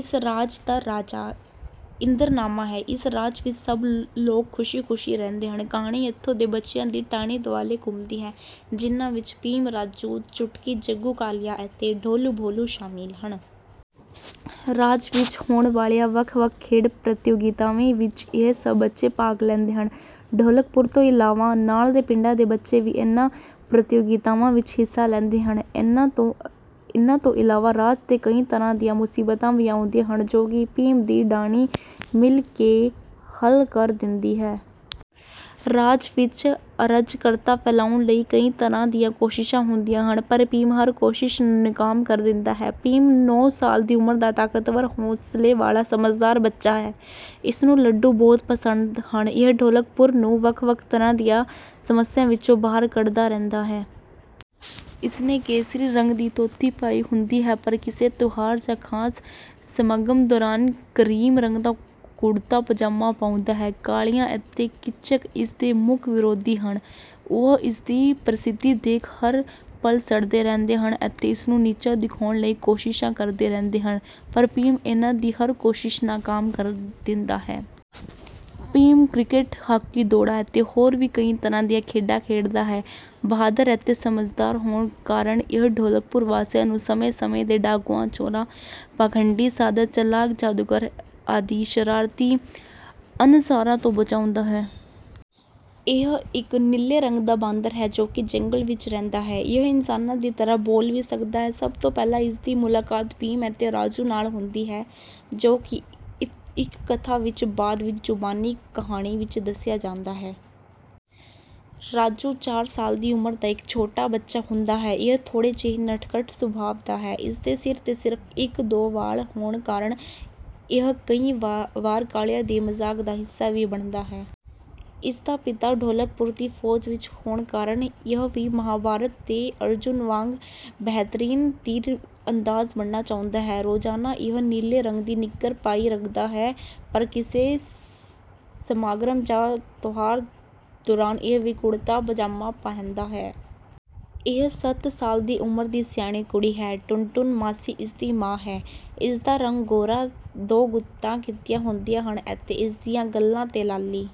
ਇਸ ਰਾਜ ਦਾ ਰਾਜਾ ਇੰਦਰਵਰਮਾ ਹੈ। ਇਸ ਰਾਜ ਵਿੱਚ ਸਭ ਲੋਕ ਖੁਸ਼ੀ ਖੁਸ਼ੀ ਰਹਿੰਦੇ ਹਨ। ਕਹਾਣੀ ਇੱਥੋਂ ਦੇ ਬੱਚਿਆਂ ਦੀ ਢਾਣੀ ਦੁਆਲੇ ਘੁੰਮਦੀ ਹੈ ਜਿੰਨਾ ਵਿੱਚ ਭੀਮ ਰਾਜੂ ਚੁਟਕੀ ਜੱਗੂ ਕਾਲੀਆ ਅਤੇ ਢੋਲੂ ਭੋਲੂ ਸ਼ਾਮਿਲ ਹਨ। ਰਾਜ ਵਿੱਚ ਹੋਣ ਵਾਲੀਆਂ ਵੱਖ ਵੱਖ ਖੇਡ ਪ੍ਰਤੀਯੋਗਿਤਾਵਾਂ ਵਿੱਚ ਇਹ ਸਭ ਬੱਚੇ ਭਾਗ ਲੈਂਦੇ ਹਨ। ਢੋਲਕਪੁਰ ਤੋਂ ਇਲਾਵਾ ਨਾਲ ਦੇ ਪਿੰਡਾਂ ਦੇ ਬੱਚੇ ਵੀ ਇਹਨਾਂ ਪ੍ਰਤੀਯੋਗਿਤਾਵਾਂ ਵਿੱਚ ਹਿੱਸਾ ਲੈਂਦੇ ਹਨ। ਇਹਨਾਂ ਤੋਂ ਇਲਾਵਾ ਰਾਜ ਤੇ ਕਈ ਤਰ੍ਹਾਂ ਦੀਆਂ ਮੁਸੀਬਤਾਂ ਵੀ ਆਉਂਦੀਆਂ ਹਨ ਜੋ ਕਿ ਭੀਮ ਦੀ ਢਾਣੀ ਮਿਲ ਕੇ ਹੱਲ ਕਰ ਦਿੰਦੀ ਹੈ। ਰਾਜ ਵਿੱਚ ਅਰਾਜਕਤਾ ਫੈਲਾਉਣ ਲਈ ਕਈ ਤਰ੍ਹਾਂ ਦੀਆਂ ਕੋਸ਼ਿਸ਼ਾਂ ਹੁੰਦੀਆਂ ਹਨ ਪਰ ਭੀਮ ਹਰ ਕੋਸ਼ਿਸ਼ ਨੂੰ ਨਾਕਾਮ ਕਰ ਦਿੰਦਾ ਹੈ। ਭੀਮ ਨੌ ਸਾਲ ਦੀ ਉਮਰ ਦਾ ਤਾਕਤਵਰ ਹੌਸਲੇ ਵਾਲਾ ਸਮਝਦਾਰ ਬੱਚਾ ਹੈ। ਇਸਨੂੰ ਲੱਡੂ ਬਹੁਤ ਪਸੰਦ ਹਨ ਇਹ ਢੋਲਕਪੁਰ ਨੂੰ ਵੱਖ ਵੱਖ ਤਰ੍ਹਾਂ ਦੀਆਂ ਸਮੱਸਿਆਵਾਂ ਵਿੱਚੋਂ ਬਾਹਰ ਕੱਢਦਾ ਰਹਿੰਦਾ ਹੈ। ਇਸਨੇ ਕੇਸਰੀ ਰੰਗ ਦੀ ਧੋਤੀ ਪਹਿਨੀ ਹੁੰਦੀ ਹੈ ਪਰ ਕਿਸੇ ਤਿਉਹਾਰ ਜਾਂ ਖਾਸ ਸਮਾਗਮ ਦੌਰਾਨ ਕਰੀਮ ਰੰਗ ਦਾ ਕੁੜਤਾ ਪਜਾਮਾ ਪਾਉਂਦਾ ਹੈ। ਕਾਲੀਆ ਅਤੇ ਕੀਚਕ ਇਸਦੇ ਮੁੱਖ ਵਿਰੋਧੀ ਹਨ। ਉਹ ਇਸਦੀ ਪ੍ਰਸਿੱਧੀ ਦੇਖ ਹਰ ਪਲ ਸੜਦੇ ਰਹਿੰਦੇ ਹਨ ਅਤੇ ਇਸਨੂੰ ਨੀਚਾ ਦਿਖਾਉਣ ਲਈ ਕੋਸ਼ਿਸ਼ਾਂ ਕਰਦੇ ਰਹਿੰਦੇ ਹਨ ਪਰ ਭੀਮ ਉਨ੍ਹਾਂ ਦੀ ਹਰ ਕੋਸ਼ਿਸ਼ ਨਾਕਾਮ ਕਰ ਦਿੰਦਾ ਹੈ। ਭੀਮ ਕ੍ਰਿਕਟ ਹਾਕੀ ਦੌੜਾਂ ਅਤੇ ਹੋਰ ਵੀ ਕਈ ਤਰ੍ਹਾਂ ਦੀਆਂ ਖੇਡਾਂ ਖੇਡਦਾ ਹੈ। ਬਹਾਦਰ ਅਤੇ ਸਮਝਦਾਰ ਹੋਣ ਕਾਰਨ ਇਹ ਢੋਲਕਪੁਰ ਵਾਸੀਆਂ ਨੂੰ ਸਮੇਂ ਸਮੇਂ ਤੇ ਡਾਕੂਆਂ ਚੋਰਾਂ ਪਖੰਡੀ ਸਾਧਾਂ ਚਲਾਕ ਜਾਦੂਗਰਾਂ ਆਦਿ ਸ਼ਰਾਰਤੀ ਅਨਸਰਾਂ ਤੋਂ ਬਚਾਉਂਦਾ ਹੈ। ਇਹ ਇੱਕ ਨੀਲੇ ਰੰਗ ਦਾ ਬਾਂਦਰ ਹੈ ਜੋ ਕਿ ਜੰਗਲ ਵਿੱਚ ਰਹਿੰਦਾ ਹੈ। ਇਹ ਇਨਸਾਨਾਂ ਦੀ ਤਰ੍ਹਾਂ ਬੋਲ ਵੀ ਸਕਦਾ ਹੈ। ਸਭ ਤੋਂ ਪਹਿਲਾਂ ਇਸਦੀ ਮੁਲਾਕਾਤ ਭੀਮ ਅਤੇ ਰਾਜੂ ਨਾਲ ਹੁੰਦੀ ਹੈ ਜੋ ਕਿ ਇੱਕ ਕਥਾ ਵਿੱਚ ਬਾਅਦ ਵਿੱਚ ਜ਼ੁਬਾਨੀ ਕਹਾਣੀ ਵਿੱਚ ਦੱਸਿਆ ਜਾਂਦਾ ਹੈ। ਰਾਜੂ ਚਾਰ ਸਾਲ ਦੀ ਉਮਰ ਦਾ ਇੱਕ ਛੋਟਾ ਬੱਚਾ ਹੁੰਦਾ ਹੈ। ਇਹ ਥੋੜ੍ਹੇ ਜਿਹੇ ਨਟਖਟ ਸੁਭਾਅ ਦਾ ਹੈ। ਇਸਦੇ ਸਿਰ ਤੇ ਸਿਰਫ ਇੱਕ ਦੋ ਵਾਲ ਹੋਣ ਕਾਰਨ ਇਹ ਕਈ ਵਾਰ ਕਾਲੀਆ ਦੇ ਮਜ਼ਾਕ ਦਾ ਹਿੱਸਾ ਵੀ ਬਣਦਾ ਹੈ। ਇਸਦਾ ਪਿਤਾ ਢੋਲਕਪੁਰ ਦੀ ਫੌਜ ਵਿੱਚ ਹੋਣ ਕਾਰਨ ਇਹ ਵੀ ਮਹਾਭਾਰਤ ਦੇ ਅਰਜੁਨ ਵਾਂਗ ਬਿਹਤਰੀਨ ਤੀਰਅੰਦਾਜ਼ ਬਣਨਾ ਚਾਹੁੰਦਾ ਹੈ। ਰੋਜ਼ਾਨਾ ਇਹ ਨੀਲੇ ਰੰਗ ਦੀ ਨਿੱਕਰ ਪਾਈ ਰੱਖਦਾ ਹੈ ਪਰ ਕਿਸੇ ਸਮਾਗਮ ਜਾਂ ਤਿਉਹਾਰ ਦੌਰਾਨ ਇਹ ਵੀ ਕੁੜਤਾ ਪਜਾਮਾ ਪਹਿਨਦਾ ਹੈ। ਇਹ ਸਤ ਸਾਲ ਦੀ ਉਮਰ ਦੀ ਸਿਆਣੀ ਕੁੜੀ ਹੈ। ਟੁਨਟੁਨ ਮਾਸੀ ਇਸਦੀ ਮਾਂ ਹੈ। ਇਸਦਾ ਰੰਗ ਗੋਰਾ ਦੋ ਗੁੱਤਾਂ ਕੀਤੀਆਂ ਹੁੰਦੀਆਂ ਹਨ ਅਤੇ ਇਸਦੀਆਂ ਗੱਲਾਂ ਤੇ ਲਾਲੀ